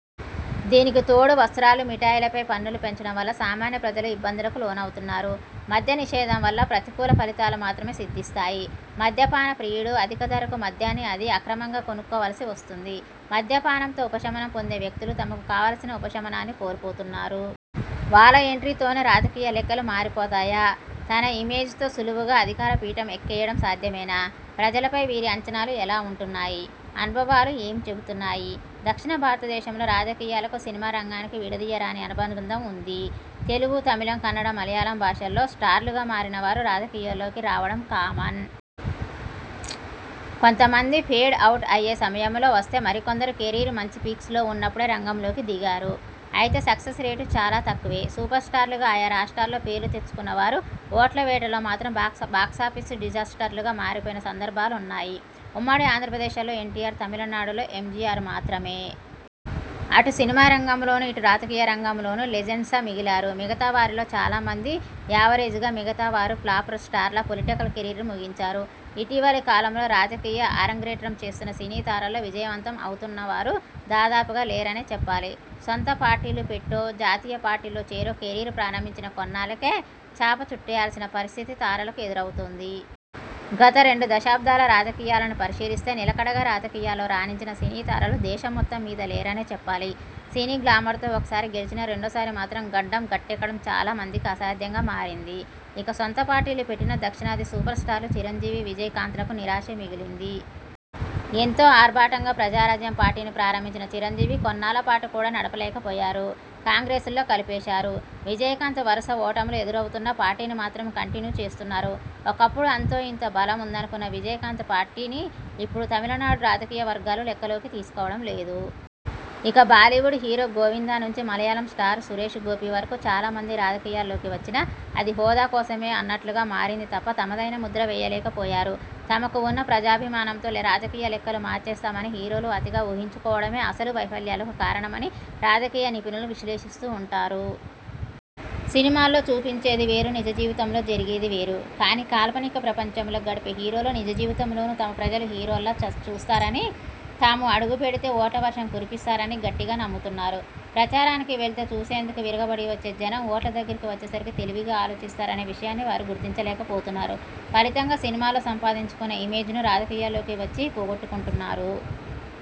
దీనికి తోడు వస్త్రాలు, మిఠాయిలపై పన్నులు పెంచడం వల్ల సామాన్య ప్రజలు ఇబ్బందులకు లోనవుతున్నారు. మద్య నిషేధం వల్ల ప్రతికూల ఫలితాలు మాత్రమే సిద్ధిస్తాయి. మద్యపాన ప్రియుడు అధిక ధరకు మద్యాన్ని, అదీ అక్రమంగా కొనుక్కోవలసి వస్తుంది. మద్య పానంతో ఉపశమనం పొందే వ్యక్తులు, తమకు కావలసిన ఉపశమనాన్ని కోల్పోతున్నారు. వాళ్ల ఎంట్రీతోనే రాజకీయ లెక్కలు మారిపోతాయా? తన ఇమేజ్తో సులువుగా అధికార పీఠం ఎక్కేయడం సాధ్యమేనా? ప్రజలపై వీరి అంచనాలు ఎలా ఉంటున్నాయి? అనుభవాలు ఏం చెబుతున్నాయి? దక్షిణ భారతదేశంలో రాజకీయాలకు సినిమా రంగానికి విడదీయరాని అనుబంధం ఉంది. తెలుగు, తమిళ, కన్నడ, మలయాళం భాషల్లో స్టార్లుగా మారిన వారు రాజకీయాల్లోకి రావడం కామన్. కొంత మంది ఫేడ్ అవుట్ అయ్యే సమయంలో వస్తే మరికొందరు కెరీర్ మంచి పీక్స్లో ఉన్నప్పుడే రంగంలోకి దిగారు. అయితే సక్సెస్ రేటు చాలా తక్కువే. సూపర్ స్టార్లుగా ఆయా రాష్ట్రాల్లో పేరు తెచ్చుకున్నవారు. ఓట్ల వేటలో మాత్రం బాక్సాఫీస్ డిజాస్టర్లుగా మారిపోయిన సందర్భాలున్నాయి. ఉమ్మడి ఆంధ్రప్రదేశ్లో ఎన్టీఆర్, తమిళనాడులో ఎంజీఆర్ మాత్రమే. అటు సినిమా రంగంలోనూ ఇటు రాజకీయ రంగంలోనూ లెజెండ్స్గా మిగిలారు. మిగతా వారిలో చాలా మంది యావరేజ్గా మిగతా వారు ఫ్లాప్ స్టార్స్గా పొలిటికల్ కెరీర్ ముగించారు. ఇటీవలి కాలంలో రాజకీయ ఆరంగేంట్రం చేస్తున్న సినీ తారల్లో విజయవంతం అవుతున్నవారు దాదాపుగా లేరనే చెప్పాలి. సొంత పార్టీలు పెట్టో, జాతీయ పార్టీల్లో చేరో కెరీర్ ప్రారంభించినా కొన్నాళ్లకే చాపచుట్టేయాల్సిన పరిస్థితి తారలకు ఎదురువుతోంది. గత రెండు దశాబ్దాల రాజకీయాలను పరిశీలిస్తే నిలకడగా రాజకీయాల్లో రాణించిన సినీతారలు దేశం మొత్తం మీద లేరనే చెప్పాలి. సినీ గ్లామర్తో ఒకసారి గెలిచినా రెండో సారి మాత్రం గండం గట్టెక్కడం చాలా మందికి అసాధ్యంగా మారింది. ఇక సొంత పార్టీలు పెట్టిన దక్షిణాది సూపర్ స్టార్లు చిరంజీవి, విజయ్ కాంత్లకు నిరాశే మిగిలింది. ఎంతో ఆర్భాటంగా ప్రజారాజ్యం పార్టీని ప్రారంభించిన చిరంజీవి కొన్నాళ్ల పాటు కూడా నడపలేకపోయారు. కాంగ్రెస్లో కలిపేశారు. విజయ్ కాంత్ వరుస ఓటములు ఎదురవుతున్నా పార్టీని మాత్రం కంటిన్యూ చేస్తున్నారు. ఒకప్పుడు అంతో ఇంతో బలం ఉందనుకున్న విజయ్ కాంత్ పార్టీని ఇప్పుడు తమిళనాడు రాజకీయవర్గాలు లెక్కలోకి తీసుకోవడం లేదు. ఇక బాలీవుడ్ హీరో గోవిందా నుంచి మలయాళం స్టార్ సురేష్ గోపీ వరకు చాలా మంది రాజకీయాల్లోకి వచ్చినా అది హోదా కోసమే అన్నట్లుగా మారింది తప్ప తమదైన ముద్ర వేయలేకపోయారు తమకు ఉన్న ప్రజాభిమానంతో రాజకీయ లెక్కలు మార్చేస్తామని హీరోలు అతిగా ఊహించుకోవడమే అసలు వైఫల్యాలకు కారణమని రాజకీయనిపుణులు విశ్లేషిస్తూ ఉంటారు. సినిమాల్లో చూపించేది వేరు నిజ జీవితంలో జరిగేది వేరు. కానీ కాల్పనిక ప్రపంచంలో గడిపే హీరోలు నిజజీవితంలోనూ తమ ప్రజలు హీరోల్లా చూస్తారని తాము అడుగుపెడితే ఓట్ల వర్షం కురిపిస్తారని గట్టిగా నమ్ముతున్నారు. ప్రచారానికి వెళ్తే చూసేందుకు విరగబడి వచ్చే జనం ఓట్ల దగ్గరకు వచ్చేసరికి తెలివిగా ఆలోచిస్తారనే విషయాన్ని వారు గుర్తించలేకపోతున్నారు. ఫలితంగా సినిమాల్లో సంపాదించుకున్న ఇమేజ్ను రాజకీయాల్లోకి వచ్చి పోగొట్టుకుంటున్నారు.